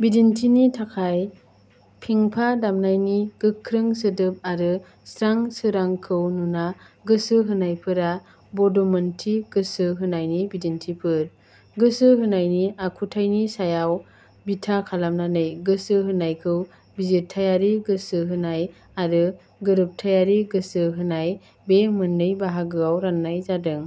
बिदिन्थिनि थाखाय, फेंफा दामनायनि गोख्रों सोदोब आरो स्रां सोरांखौ नुना गोसो होनायफोरा बदमोनथि गोसो होनायनि बिदिन्थिफोर।: गोसो होनायनि आखुथाइनि सायाव बिथा खालामनानै गोसो होनायखौ बिजिरथाइयारि गोसोहोनाय आरो गोरोबथाइयारि गोसो होनाय बे मोननै बाहागोआव राननाय जादों।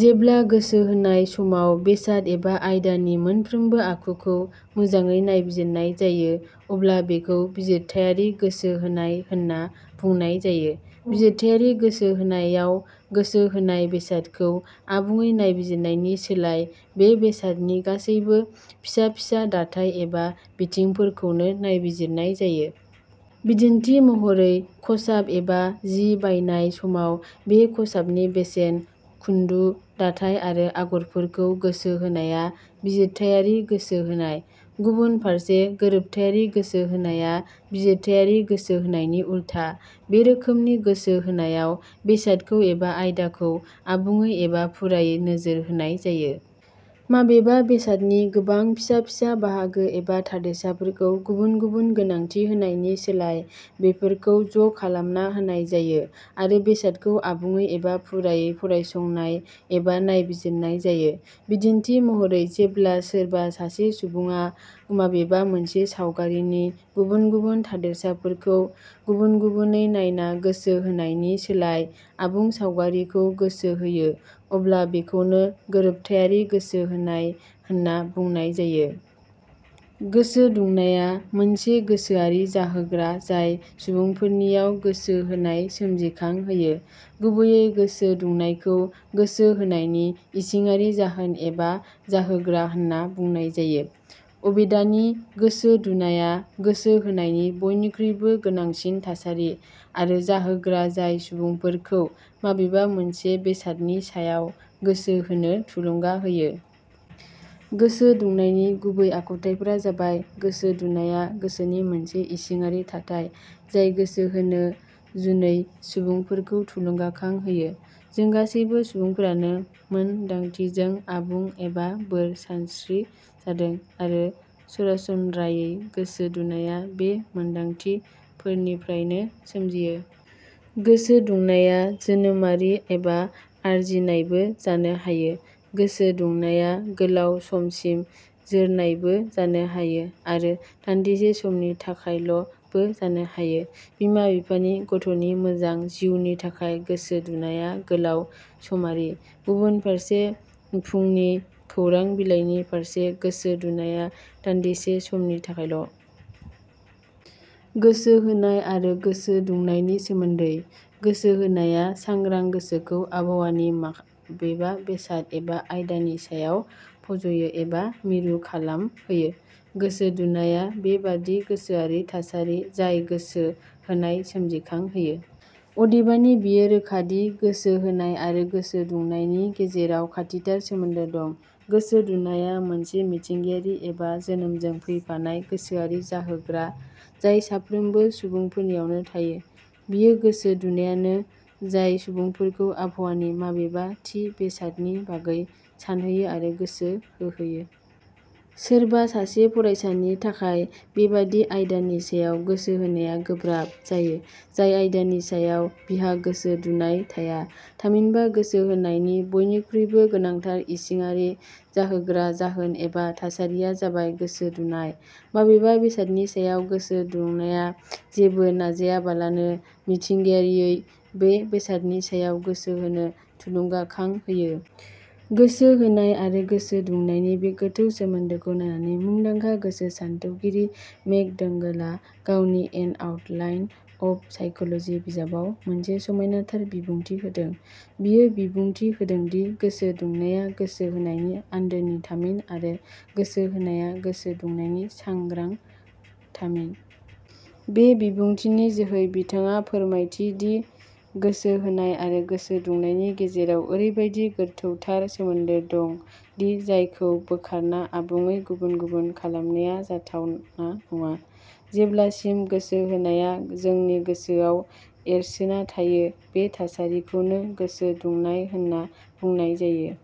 जेब्ला गोसो होनाय समाव बेसाद एबा आयदानि मोनफ्रोमबो आखुखौ मोजांयै नायबिजिरनाय जायो अब्ला बेखौ बिजिरथाइयारि गोसो होनाय होनना बुंनाय जायो। बिजिरथाइयारि गोसो होनायाव, गोसो होनाय बेसादखौ आबुंयै नायबिजिरनायनि सोलाय बे बेसादनि गासैबो फिसा फिसा दाथाइ एबा बिथिंफोरखौनो नायबिजिरनाय जायो। बिदिन्थि महरै, खसाब एबा जि बायनाय समाव बे खसाबनि बेसेन, खुन्दु, दाथाइ आरो आगरफोरखौ गोसो होनाया बिजिरथाइयारि गोसो होनाय। गुबुन फारसे गोरोबथाइयारि गोसो होनाया बिजिरथाइयारि गोसो होनायनि उल्था। बे रोखोमनि गोसो होनायाव बेसादखौ एबा आयदाखौ आबुंयै एबा फुरायै नोजोर होनाय जायो। माबेबा बेसादनि गोबां फिसा फिसा बाहागो एबा थादेरसाफोरखौ गुबुन गुबुन गोनांथि होनायनि सोलाय, बेफोरखौ ज' खालामना होनाय जायो आरो बेसादखौ आबुंयै एबा फुरायै फरायसंनाय एबा नायबिजिरनाय जायो। बिदिन्थि महरै जेब्ला सोरबा सासे सुबुंआ माबेबा मोनसे सावगारिनि गुबुन गुबुन थादेरसाफोरखौ गुबुन गुबुनै नायना गोसो होनायनि सोलाय आबुं सावगारिखौ गोसो होयो अब्ला बेखौनो गोरोबथाइयारि गोसो होनाय होनना बुंनाय जायो।: गोसो दुंनाया मोनसे गोसोआरि जाहोग्रा जाय सुबुंफोरनियाव गोसो होनाय सोमजिखां होयो। गुबैयै गोसो दुंनायखौ गोसो होनायनि इसिंआरि जाहोन एबा जाहोग्रा होनना बुंनाय जायो। अबेदानि गोसो दुनाया गोसो होनायनि बयनिखुइबो गोनांसिन थासारि आरो जाहोग्रा जाय सुबुंफोरखौ माबेबा मोनसे बेसादनि सायाव गोसो होनो थुलुंगा होयो। गोसो दुंनायनि गुबै आखुथाइफोरा जाबाय:. गोसो दुनाया गोसोनि मोनसे इसिङारि थाथाइ, जाय गोसो होनो जुनै सुबुंफोरखौ थुलुंगाखां होयो।. जों गासैबो सुबुंफोरानो मोन दांथिजों आबुं एबा बोर सारस्रि जादों, आरो सरासनम्रायै गोसो दुनाया बे मोनदांथि फोरनिफ्रायनो सोमजियो।. गोसो दुंनाया जोनोमआरि एबा आरजिनायबो जानो हायो।. गोसो दुंनाया गोलाउ समसिम जोरनायबो जानो हायो आरो दान्दिसे समनि थाखायल 'बो जानो हायो। बिमा-बिफानि गथ'नि मोजां जिउनि थाखाय गोसो दुनाया गोलाउ समारि। गुबुन फारसे फुंनि खौरां-बिलाइनि फारसे गोसो दुनाया दान्दिसे समनि थाखाय ल'।: गोसो होनाय आरो गोसो दुंनायनि सोमोन्दो: गोसो होनाया सांग्रां गोसोखौ आबहावानि माबेबा बेसाद एबा आयदानि सायाव फज'यो एबा मिरु खालामहोयो। गोसो दुनाया बे बादि गोसोआरि थासारि जाय गोसो होनाय सोमजिखां होयो। अदेबानि बेयो रोखा दि गोसो होनाय आरो गोसो दुंनायनि गेजेराव खाथिथार सोमोन्दो दं। गोसो दुनाया मोनसे मिथिंगायारि एबा जोनोमजों फैफानाय गोसोआरि जाहोग्रा जाय साफ्रोमबो सुबुंफोरनियावनो थायो। बेयो गोसो दुनायानो जाय सुबुंफोरखौ आबहावानि माबेबा थि बेसादनि बागै सानहोयो आरो गोसो होहोयो। सोरबा सासे फरायसानि थाखाय बेबादि आयदानि सायाव गोसो होनाया गोब्राब जायो जाय आयदानि सायाव बिहा गोसो दुनाय थाया। थामहिनबा गोसो होनायनि बयनिखुइबो गोनांथार इसिङारि जाहोग्रा जाहोन एबा थासारिया जाबाय गोसो दुनाय। माबेबा बेसादनि सायाव गोसो दुंनाया जेबो नाजायाबालानो मिथिंगायारियै बे बेसादनि सायाव गोसो होनो थुलुंगाखां होयो। गोसो होनाय आरो गोसो दुंनायनि बे गोथौ सोमोन्दोखौ नायनानै मुंदांखा गोसो सान्थौगिरि मेक. डोंगल आ गावनि "एन आउटलाइन अफ साइकोलजि" बिजाबाव मोनसे समायनाथार बिबुंथि होदों। बियो बिबुंथि होदों दि, "गोसो दुंनाया गोसो होनायनि आन्दोनि थामिन आरो गोसो होनाया गोसो दुंनायनि सांग्रां थामिन"। बे बिबुंथिनि जोहै बिथांआ फोरमायथि दि गोसो होनाय आरो गोसो दुंनायनि गेजेराव औरैबादि गोथौथार सोमोन्दो दं दि जायखौ बोखारना आबुंयै गुबुन गुबुन खालामनाया जाथावना नङा। जेब्ला सिम गोसो होनाया जोंनि गोसोआव एरसोना थायो, बे थासारिखौनो गोसो दुंनाय होनना बुंनाय जायो।